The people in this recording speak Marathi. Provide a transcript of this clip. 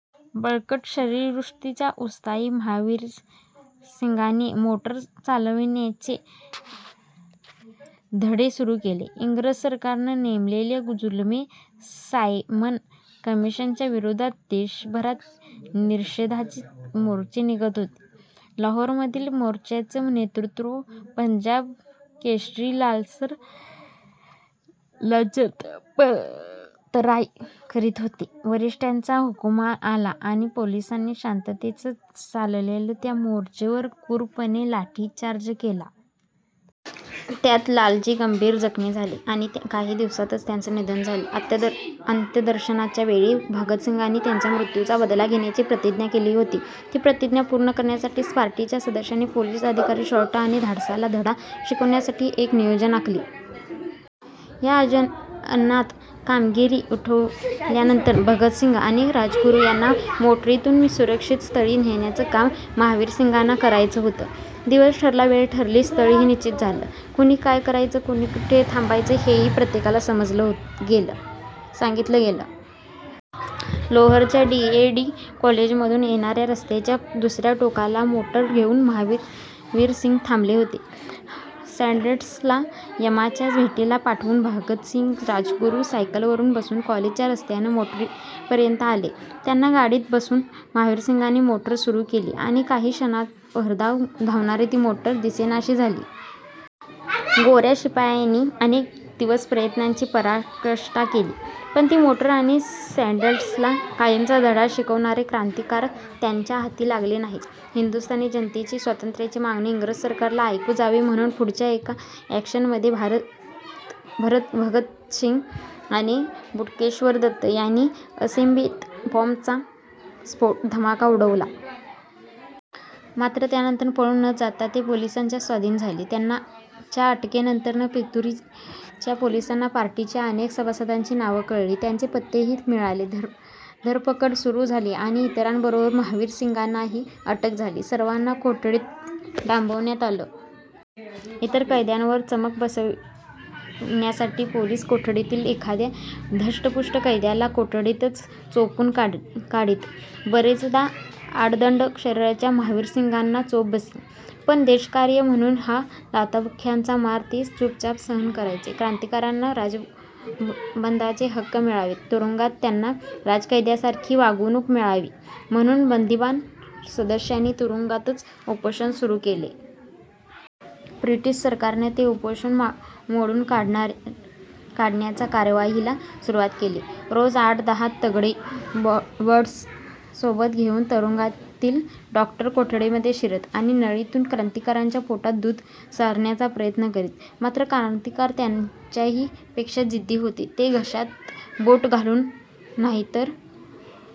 बळकट शरीरदृष्टीचा उत्साही महावीरसिंगांनी मोटार चालविण्याचे धडे सुरू केले. इंग्रज सरकारनं नेमलेल्या जुलमी सायमन कमिशनच्या विरोधात देशभरात निषेधाचे मोर्चे निघत होते. लाहोरमधील मोर्चाचं नेतृत्व पंजाब केसरी लालसर लजपतराय करीत होते. वरिष्ठांचा हुकूम आला आणि पोलिसांनी शांततेनं चाललेल्या त्या मोर्चावर क्रूरपणे लाठीचार्ज केला. त्यात लालाजी गंभीर जखमी झाले आणि काही दिवसांतच त्यांचं निधन झालं. अंत्यदर्शनाच्या वेळी भगतसिंगांनी त्यांच्या मृत्यूचा बदला घेण्याची प्रतिज्ञा केली होती. ती प्रतिज्ञा पूर्ण करण्यासाठी पार्टीच्या सदस्यांनी पोलीस अधिकारी स्कॉट आणि साँडर्सला धडा शिकविण्यासाठी एक योजना आखली. या योजनेत कामगिरी उरकल्यानंतर भगतसिंग आणि राजगुरू यांना मोटारीतून सुरक्षित स्थळी नेण्याचं काम महावीरसिंगांना करायचं होतं. दिवस ठरला, वेळ ठरली, स्थळही निश्चित झालं. कुणी काय करायचं, कुणी कुठे थांबायचं, हेही प्रत्येकाला सांगितलं गेलं. लोहोरच्या डी. ए. व्ही. कॉलेजमधून येणाऱ्या रस्त्याच्या दुसऱ्या टोकाला मोटार घेऊन महावीरसिंग थांबले होते. साँडर्सला यमाच्या भेटीला पाठवून भगतसिंग, राजगुरू सायकलवर बसून कॉलेजच्या रस्त्यानं मोटारीपर्यंत आले. त्यांना गाडीत बसवून महावीरसिंगांनी मोटार सुरू केली आणि काही क्षणांतच भरधाव धावणारी ती मोटार दिसेनाशी झाली. गोऱ्या शिपायांनी अनेक दिवस प्रयत्नांची पराकाष्ठा केली, पण ती मोटार आणि साँडर्सला कायमचा धडा शिकविणारे क्रांतिकारक त्यांच्या हाती लागले नाहीत. हिंदुस्थानी जनतेची स्वातंत्र्याची मागणी इंग्रज सरकारला ऐकू जावी म्हणून पुढच्या एका ॲक्शनमध्ये भगतसिंग आणि बटुकेश्वर दत्त यांनी असेंब्लीत बॉम्बचा धमाका उडवला. मात्र त्यानंतर पळून न जाता ते पोलिसांच्या स्वाधीन झाले. त्यांच्या अटकेनंतर फितुरीच्या पोलिसांना पार्टीच्या अनेक सभासदांची नावं कळली. त्यांचे पत्तेही मिळाले. धरपकड सुरू झाली आणि इतरांबरोबर महावीरसिंगांनाही अटक झाली. सर्वांना कोठडीत डांबण्यात आलं. इतर कैद्यांवर वचक बसविण्यासाठी पोलीस कोठडीतील एखाद्या धष्टपुष्ट कैद्याला कोठडीतच चोपून काढीत. बरेचदा आडदंड शरीराच्या महावीरसिंगांना चोप बसे. पण देशकार्य म्हणून हा लाथाबुक्क्यांचा मार ते चुपचाप सहन करायचे. क्रांतिकारकांना राजबंद्यांचे हक्क मिळावेत, तुरुंगात त्यांना राजकैद्यांसारखी वागणूक मिळावी म्हणून बंदिवान सदस्यांनी तुरुंगातच उपोषण सुरू केलं. ब्रिटिश सरकारनं ते उपोषण मोडून काढण्याचा कार्यवाहीला सुरुवात केली. रोज आठ दहा तगडे वॉर्डर्स सोबत घेऊन तुरुंगातील डॉक्टर कोठड्यांमध्ये शिरत आणि नळीतून क्रांतिकारकांच्या पोटात दूध सारण्याचा प्रयत्न करीत. मात्र क्रांतिकारक त्यांच्याहीपेक्षा जिद्दी होते. ते घशात बोटं घालून नाहीतर